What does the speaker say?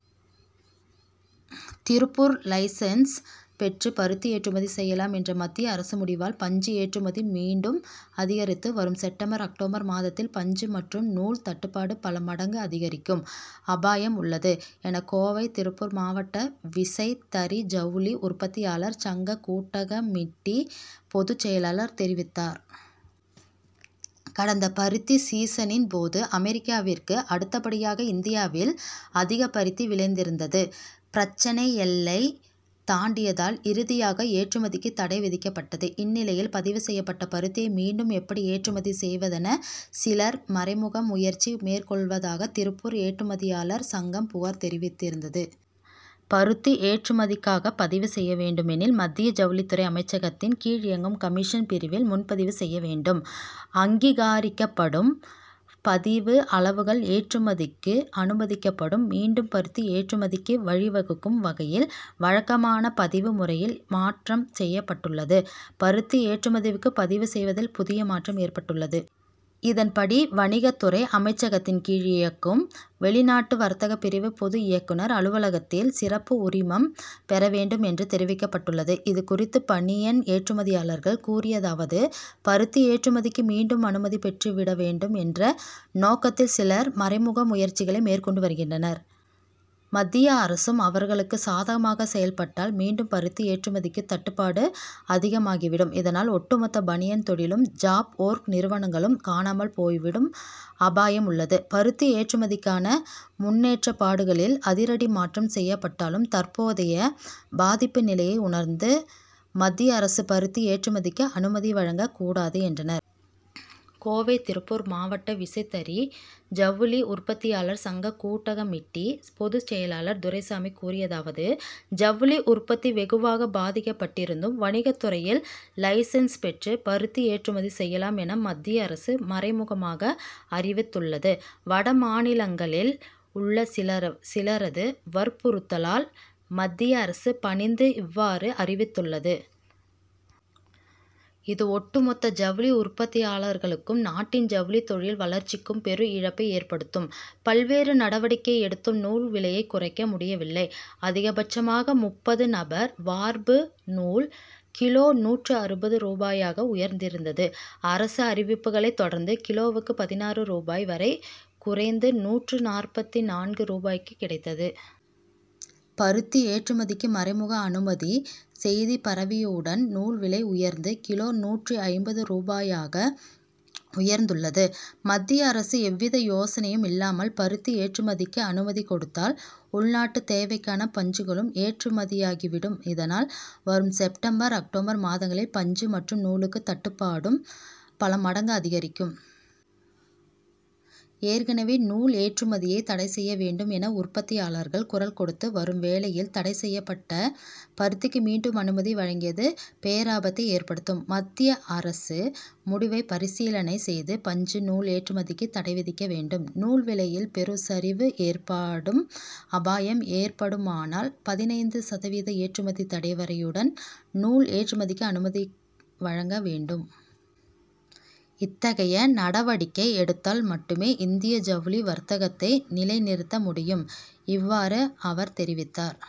Tiruppur licence பெற்று பருத்தி ஏற்றுமதி செய்யலாம்' என்ற மத்திய அரசு முடிவால், பஞ்சு ஏற்றுமதி மீண்டும் அதிகரித்து, வரும் செப்டம்பர், அக்டோபர் மாதத்தில் பஞ்சு மற்றும் நூல் தட்டுப்பாடு பல மடங்கு அதிகரிக்கும் அபாயம் உள்ளது, என கோவை-திருப்பூர் மாவட்ட விசைத்தறி ஜவுளி உற்பத்தியாளர் சங்க கூட்டுக்கமிட்டி பொதுச் செயலாளர் தெரிவித்தார். கடந்த பருத்தி சீசனின் போது, அமெரிக்காவிற்கு அடுத்தபடியாக இந்தியாவில் அதிக பருத்தி விளைந்திருந்தது. பிரச்னை எல்லை தாண்டியதால், இறுதியாக ஏற்றுமதிக்கு தடை விதிக்கப்பட்டது. இந்நிலையில், பதிவு செய்யப்பட்ட பருத்தியை மீண்டும் எப்படி ஏற்றுமதி செய்வதென, சிலர் மறைமுக முயற்சி மேற்கொள்வதாக திருப்பூர் ஏற்றுமதியாளர் சங்கம் புகார் தெரிவித்திருந்தது. பருத்தி ஏற்றுமதிக்காக பதிவு செய்ய வேண்டும் எனில், மத்திய ஜவுளித்துறை அமைச்சகத்தின் கீழ் இயங்கும் கமிஷன் பிரிவில் முன்பதிவு செய்ய வேண்டும். அங்கீகரிக்கப்படும் பதிவு அளவுகள் ஏற்றுமதிக்கு அனுமதிக்கப்படும். மீண்டும் பருத்தி ஏற்றுமதிக்கு வழிவகுக்கும் வகையில், வழக்கமான பதிவு முறைகளில் மாற்றம் செய்யப் பட்டுள்ளது. பருத்தி ஏற்றுமதிக்கு பதிவு செய்வதில் புதிய மாற்றம் ஏற்பட்டுள்ளது. இதன்படி, வணிகத்துறை அமைச்சகத்தின் கீழ் இயங்கும், வெளிநாட்டு வர்த்தக பிரிவு பொது இயக்குனர் அலுவலகத்தில், சிறப்பு உரிமம் பெற வேண்டும் என்று தெரிவிக்கப்பட்டுள்ளது. இதுகுறித்து பனியன் ஏற்றுமதியாளர்கள் கூறியதாவது பருத்தி ஏற்றுமதிக்கு மீண்டும் அனுமதி பெற்றுவிட வேண்டும் என்ற நோக்கத்தில் சிலர் மறைமுக முயற்சிகளை மற்கொண்டு வருகின்றனர். மத்திய அரசும் அவர்களுக்கு சாதகமாக செயல்பட்டால், மீண்டும் பருத்தி ஏற்றுமதிக்கு தட்டுப்பாடு அதிகமாகிவிடும். இதனால், ஒட்டுமொத்த பனியன் தொழிலும், ஜாப் ஒர்க் நிறுவனங்களும் காணாமல் போய்விடும் அபாயம் உள்ளது. பருத்தி ஏற்றுமதிக்கான முன்னேற்பாடுகளில், அதிரடி மாற்றம் செய்யப்பட்டாலும், தற்போதைய பாதிப்பு நிலையை உணர்ந்து, மத்திய அரசு பருத்தி ஏற்றுமதிக்கு அனுமதி வழங்க கூடாது, என்றனர். கோவை-திருப்பூர் மாவட்ட விசைத்தறி ஜவுளி உற்பத்தியாளர் சங்க கூட்டுக்கமிட்டி பொதுசெயலாளர் துரைசாமி கூறியதாவது ஜவுளி உற்பத்தி வெகுவாக பாதிக்கப் பட்டிருந்தும், வணிகத்துறையில்"லைசென்ஸ்' பெற்று பருத்தி ஏற்றுமதி செய்யலாம் என மத்திய அரசு மறைமுகமாக அறிவித்துள்ளது. வடமாநிலங்களில் உள்ள சிலரது வற்புறுத்தலால், மத்திய அரசு பணிந்து வ்வாறு அறிவித்துள்ளது. இது ஒட்டுமொத்த ஜவுளி உற்பத்தியாளர்களுக்கும், நாட்டின் ஜவுளித்தொழில் வளர்ச்சிக்கும் பெரும் இழப்பை ஏற்படுத்தும். பல்வேறு நடவடிக்கை எடுத்தும் நூல் விலையை குறைக்க முடியவில்லை. அதிகபட்சமாக, முப்பதும் நம்பர் வார்பு நூல், கிலோ நூற்று அறுபது ரூபாயாக உயர்ந்திருந்தது. அரசு அறிவிப்புகளை தொடர்ந்து, கிலோவுக்கு பதினாறு ரூபாய் வரை குறைந்து, நூற்று நாற்பத்து நான்கு ரூபாய்க்கு கிடைத்தது. பருத்தி ஏற்றுமதிக்கு மறைமுக அனுமதி செய்தி பரவியவுடன், நூல் விலை உயர்ந்து, கிலோ நூற்று ஐம்பது ரூபாயாக உயர்ந்துள்ளது. மத்திய அரசு எவ்வித யோசனையும் இல்லாமல், பருத்தி ஏற்றுமதிக்கு அனுமதி கொடுத்தால், உள்நாட்டு தேவைக்கான பஞ்சுகளும் ஏற்றுமதியாகிவிடும். இதனால், வரும் செப்டம்பர். அக்டோபர்., மாதங்களில் பஞ்சு மற்றும் நூலுக்கு தட்டுப்பாடு பல மடங்கு அதிகரிக்கும். ஏற்கனவே, நூல்ஏற்றுமதியை தடைசெய்யவேண்டும் என உற்பத்தியாளர்கள் குரல்கொடுத்து வரும் வேளையில், தடைசெய்யப்பட்ட பருத்திக்கு மீண்டும் அனுமதி வழங்கியது பேராபத்தை ஏற்படுத்தும். மத்திய அரசு முடிவை பரிசீலனை செய்து, பஞ்சு, நூல் ஏற்றுமதிக்கு தடைவிதிக்க வேண்டும். நூல் விலையில் பெரும் சரிவு ஏற்படும் அபாயம் ஏற்படுமானால், பதினைந்து சதவீத ஏற்றுமதி தடை வரியுடன் நூல் ஏற்றுமதிக்கு அனுமதி வழங்க வேண்டும். இத்தகைய நடவடிக்கை எடுத்தால் மட்டுமே இந்திய ஜவுளி வர்த்தகத்தை நிலைநிறுத்த முடியும். இவ்வாறு, அவர் தெரிவித்தார்.